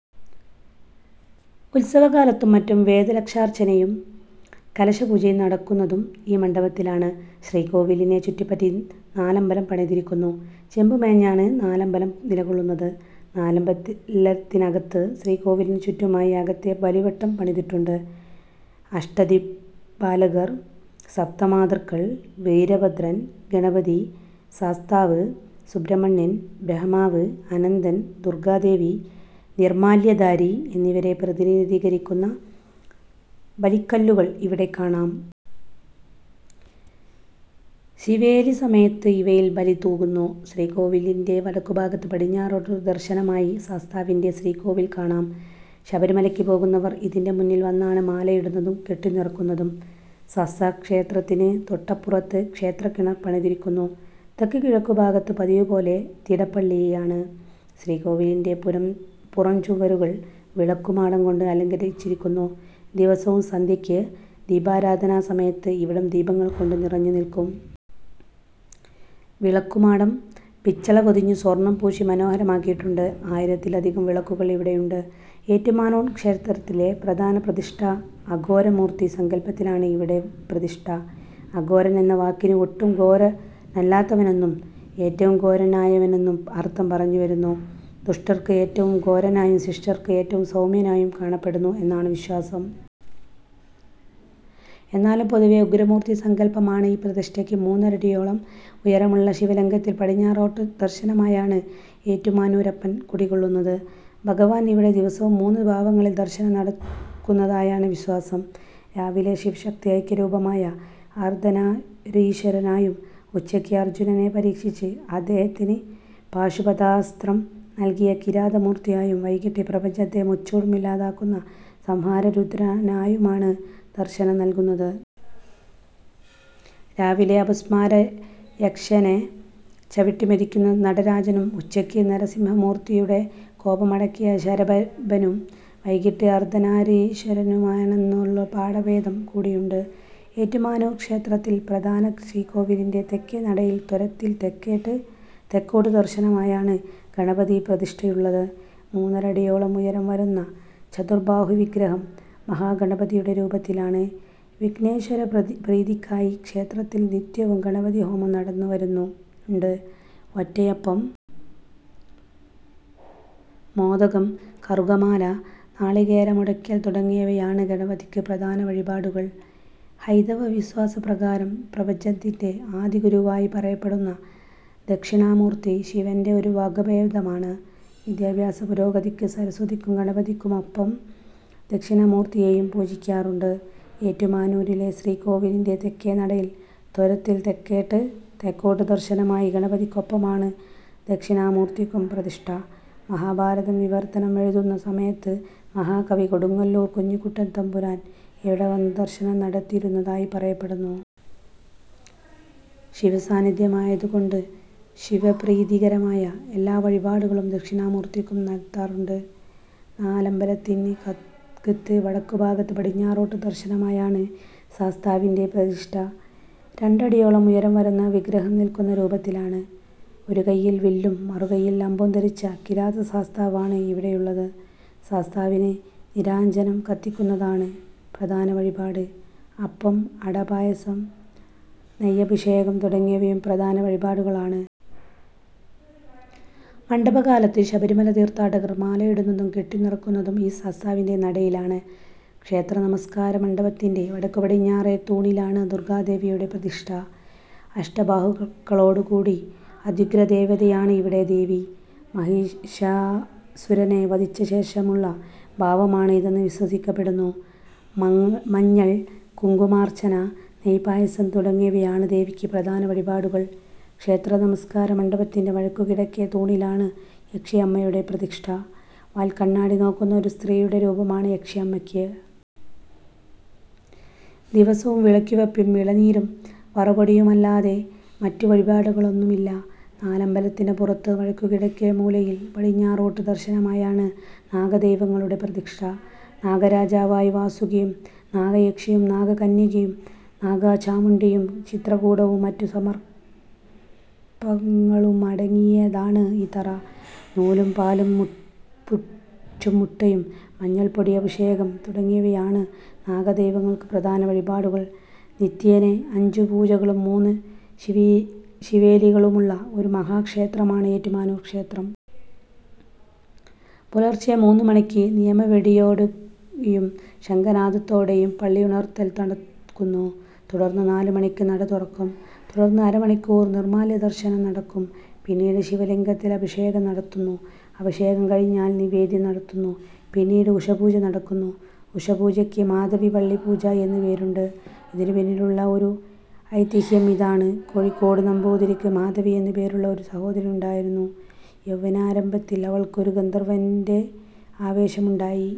ഉത്സവക്കാലത്തും മറ്റും വേദലക്ഷാർച്ചനയും കലശപൂജയും നടക്കുന്നതും ഈ മണ്ഡപത്തിലാണ്. ശ്രീകോവിലിനെ ചുറ്റിപ്പറ്റി നാലമ്പലം പണിതിരിക്കുന്നു. ചെമ്പുമേഞ്ഞാണ് നാലമ്പലവും നിലകൊള്ളുന്നത്. നാലമ്പലത്തിനകത്ത് ശ്രീകോവിലിന് ചുറ്റുമായി അകത്തെ ബലിവട്ടം പണിതിട്ടുണ്ട്. അഷ്ടദിക്പാലകർ. സപ്തമാതൃക്കൾ. വീരഭദ്രൻ. ഗണപതി. ശാസ്താവ്. സുബ്രഹ്മണ്യൻ. ബ്രഹ്മാവ്. അനന്തൻ. ദുർഗാദേവി. നിർമ്മാല്യധാരി എന്നിവരെ പ്രതിനിധീകരിക്കുന്ന ബലിക്കല്ലുകൾ ഇവിടെ കാണാം. ശീവേലിസമയത്ത് ഇവയിൽ ബലി തൂകുന്നു. ശ്രീകോവിലിൻ്റെ വടക്കുഭാഗത്ത് പടിഞ്ഞാറോട്ട് ദർശനമായി ശാസ്താവിൻ്റെ ശ്രീകോവിൽ കാണാം. ശബരിമലയ്ക്ക് പോകുന്നവർ ഇതിൻ്റെ മുന്നിൽ വന്നാണ് മാലയിടുന്നതും കെട്ടുനിറയ്ക്കുന്നതും. ശാസ്താക്ഷേത്രത്തിന് തൊട്ടപ്പുറത്ത് ക്ഷേത്രക്കിണർ പണിതിരിക്കുന്നു. തെക്കുകിഴക്കുഭാഗത്ത് പതിവുപോലെ തിടപ്പള്ളിയാണ്. ശ്രീകോവിലിൻ്റെ പുറംചുവരുകൾ വിളക്കുമാടം കൊണ്ട് അലങ്കരിച്ചിരിക്കുന്നു. ദിവസവും സന്ധ്യയ്ക്ക് ദീപാരാധനാസമയത്ത് ഇവിടം ദീപങ്ങൾകൊണ്ട് നിറഞ്ഞുനിൽക്കും. വിളക്കുമാടം പിച്ചള പൊതിഞ്ഞ് സ്വർണം പൂശി മനോഹരമാക്കിയിട്ടുണ്ട്. ആയിരത്തിലധികം വിളക്കുകൾ ഇവിടെയുണ്ട്. ഏറ്റുമാനൂർ ക്ഷേത്രത്തിലെ പ്രധാന പ്രതിഷ്ഠ അഘോരമൂർത്തി സങ്കല്പത്തിലാണ് ഇവിടെ പ്രതിഷ്ഠ. അഘോരൻ എന്ന വാക്കിന് ഒട്ടും ഘോരനല്ലാത്തവനെന്നും ഏറ്റവും ഘോരനായവനെന്നും അർഥം പറഞ്ഞുവരുന്നു. ദുഷ്ടർക്ക് ഏറ്റവും ഘോരനായും ശിഷ്ടർക്ക് ഏറ്റവും സൗമ്യനായും കാണപ്പെടുന്നു എന്നാണ് വിശ്വാസം. എന്നാലും പൊതുവേ ഉഗ്രമൂർത്തി സങ്കല്പമാണ് ഈ പ്രതിഷ്ഠയ്ക്ക്. മൂന്നരയടിയോളം ഉയരമുള്ള ശിവലിംഗത്തിൽ പടിഞ്ഞാറോട്ട് ദർശനമായാണ് ഏറ്റുമാനൂരപ്പൻ കുടികൊള്ളുന്നത്. ഭഗവാൻ ഇവിടെ ദിവസവും മൂന്ന് ഭാവങ്ങളിൽ ദർശനം നൽകുന്നതായാണ് വിശ്വാസം. രാവിലെ ശിവശക്തി ഐക്യരൂപമായ അർധനാരീശ്വരനായും ഉച്ചയ്ക്ക് അർജുനനെ പരീക്ഷിച്ച് അദ്ദേഹത്തിന് പാശുപതാസ്ത്രം നൽകിയ കിരാതമൂർത്തിയായും വൈകീട്ട് പ്രപഞ്ചത്തെ മുച്ചൂടും ഇല്ലാതാക്കുന്ന സംഹാരരുദ്രനായുമാണ് ദർശനം നൽകുന്നത്. രാവിലെ അപസ്മാരയക്ഷനെ ചവിട്ടിമെതിക്കുന്ന നടരാജനും ഉച്ചയ്ക്ക് നരസിംഹമൂർത്തിയുടെ കോപമടക്കിയ ശരഭനും വൈകീട്ട് അർധനാരീശ്വരനുമാണെന്നൊരു പാഠഭേദം കൂടിയുണ്ട്. ഏറ്റുമാനൂർ ക്ഷേത്രത്തിൽ പ്രധാന ശ്രീകോവിലിൻ്റെ തെക്കേ നടയിലെ ത്വരത്തിൽ തെക്കോട്ട് ദർശനമായാണ് ഗണപതിപ്രതിഷ്ഠയുള്ളത്. മൂന്നടിയോളം ഉയരം വരുന്ന ചതുർബാഹുവിഗ്രഹം മഹാഗണപതിയുടെ രൂപത്തിലാണ്. വിഘ്നേശ്വരപ്രീതിക്കായി ക്ഷേത്രത്തിൽ നിത്യവും ഗണപതിഹോമം നടന്നുവരുന്നുണ്ട്. ഒറ്റയപ്പം. മോദകം. കറുകമാല. നാളികേരമുടയ്ക്കൽ തുടങ്ങിയവയാണ് ഗണപതിക്ക് പ്രധാന വഴിപാടുകൾ. ഹൈന്ദവവിശ്വാസപ്രകാരം പ്രപഞ്ചത്തിൻ്റെ ആദിഗുരുവായി പറയപ്പെടുന്ന ദക്ഷിണാമൂർത്തി ശിവൻ്റെ ഒരു വകഭേദമാണ്. വിദ്യാഭ്യാസ പുരോഗതിക്ക് സരസ്വതിക്കും ഗണപതിക്കുമൊപ്പം ദക്ഷിണാമൂർത്തിയെയും പൂജിക്കാറുണ്ട്. ഏറ്റുമാനൂരിലെ ശ്രീകോവിലിൻ്റെ തെക്കേ നടയിലെ ത്വരത്തിൽ തെക്കോട്ട് ദർശനമായി ഗണപതിക്കൊപ്പമാണ് ദക്ഷിണാമൂർത്തിക്കും പ്രതിഷ്ഠ. മഹാഭാരതം വിവർത്തനം എഴുതുന്ന സമയത്ത് മഹാകവി കൊടുങ്ങല്ലൂർ കുഞ്ഞിക്കുട്ടൻ തമ്പുരാൻ ഇവിടെ വന്ന് ദർശനം നടത്തിയിരുന്നതായി പറയപ്പെടുന്നു. ശിവസാന്നിധ്യമായതുകൊണ്ട് ശിവപ്രീതികരമായ എല്ലാ വഴിപാടുകളും ദക്ഷിണാമൂർത്തിക്കും നടത്താറുണ്ട്. നാലമ്പലത്തിനകത്ത് വടക്കുഭാഗത്ത് പടിഞ്ഞാറോട്ട് ദർശനമായാണ് ശാസ്താവിൻ്റെ പ്രതിഷ്ഠ. രണ്ടടിയോളം ഉയരം വരുന്ന വിഗ്രഹം നിൽക്കുന്ന രൂപത്തിലാണ്. ഒരുകയ്യിൽ വില്ലും മറുകയ്യിൽ അമ്പും ധരിച്ച കിരാതശാസ്താവാണ് ഇവിടെയുള്ളത്. ശാസ്താവിന് നീരാജനം കത്തിക്കുന്നതാണ് പ്രധാന വഴിപാട്. അപ്പം. അട. പായസം. നെയ്യഭിഷേകം തുടങ്ങിയവയും പ്രധാന വഴിപാടുകളാണ്. മണ്ഡലകാലത്ത് ശബരിമല തീർഥാടകർ മാലയിടുന്നതും കെട്ടുനിറയ്ക്കുന്നതും ഈ ശാസ്താവിൻ്റെ നടയിലാണ്. ക്ഷേത്രനമസ്കാരമണ്ഡപത്തിൻ്റെ വടക്കുപടിഞ്ഞാറേത്തൂണിലാണ് ദുർഗാദേവിയുടെ പ്രതിഷ്ഠ. അഷ്ടബാഹുക്കളോടുകൂടിയ അത്യുഗ്രദേവതയാണ് ഇവിടെ ദേവി. മഹിഷാസുരനെ വധിച്ചശേഷമുള്ള ഭാവമാണ് ഇതെന്ന് വിശ്വസിക്കപ്പെടുന്നു. മഞ്ഞൾ കുങ്കുമാർച്ചന. നെയ്പായസം തുടങ്ങിയവയാണ് ദേവിക്ക് പ്രധാന വഴിപാടുകൾ. ക്ഷേത്രനമസ്കാരമണ്ഡപത്തിൻ്റെ വടക്കുകിഴക്കേത്തൂണിലാണ് യക്ഷിയമ്മയുടെ പ്രതിഷ്ഠ. വാൽക്കണ്ണാടി നോക്കുന്ന ഒരു സ്ത്രീയുടെ രൂപമാണ് യക്ഷിയമ്മയ്ക്ക്. ദിവസവും വിളക്കുവയ്പും ഇളനീരും വറപ്പൊടിയുമല്ലാതെ മറ്റ് വഴിപാടുകളൊന്നുമില്ല. നാലമ്പലത്തിന് പുറത്ത് വടക്കുകിഴക്കേമൂലയിൽ പടിഞ്ഞാറോട്ട് ദർശനമായാണ് നാഗദൈവങ്ങളുടെ പ്രതിഷ്ഠ. നാഗരാജാവായി വാസുകിയും നാഗയക്ഷിയും നാഗകന്യകയും നാഗചാമുണ്ഡിയും ചിത്രകൂടവും മറ്റ് സർപ്പങ്ങളുമടങ്ങിയതാണ് ഈ തറ. നൂറും പാലും. പുറ്റും മുട്ടയും. മഞ്ഞൾപ്പൊടി അഭിഷേകം തുടങ്ങിയവയാണ് നാഗദൈവങ്ങൾക്ക് പ്രധാന വഴിപാടുകൾ. നിത്യേന അഞ്ചുപൂജകളും മൂന്ന് ശീവേലികളുമുള്ള ഒരു മഹാക്ഷേത്രമാണ് ഏറ്റുമാനൂർ ക്ഷേത്രം. പുലർച്ചെ മൂന്നുമണിക്ക് നിയമവെടിയോടെയും ശംഖനാദത്തോടെയും പള്ളിയുണർത്തൽ നടക്കുന്നു. തുടർന്ന് നാലുമണിക്ക് നടതുറക്കും. തുടർന്ന് അരമണിക്കൂർ നിർമ്മാല്യദർശനം നടക്കും. പിന്നീട് ശിവലിംഗത്തിൽ അഭിഷേകം നടത്തുന്നു. അഭിഷേകം കഴിഞ്ഞാൽ നിവേദ്യം നടത്തുന്നു. പിന്നീട് ഉഷഃപൂജ നടക്കുന്നു. ഉഷഃപൂജയ്ക്ക് മാധവിപ്പള്ളിപ്പൂജ എന്ന് പേരുണ്ട്. ഇതിനുപിന്നിലുള്ള ഒരു ഐതിഹ്യം ഇതാണ്. കോഴിക്കോട് സാമൂതിരിക്ക് മാധവി എന്നുപേരുള്ള ഒരു സഹോദരി ഉണ്ടായിരുന്നു. യൗവനാരംഭത്തിൽ അവൾക്ക് ഒരു ഗന്ധർവൻ്റെ ആവേശമുണ്ടായി.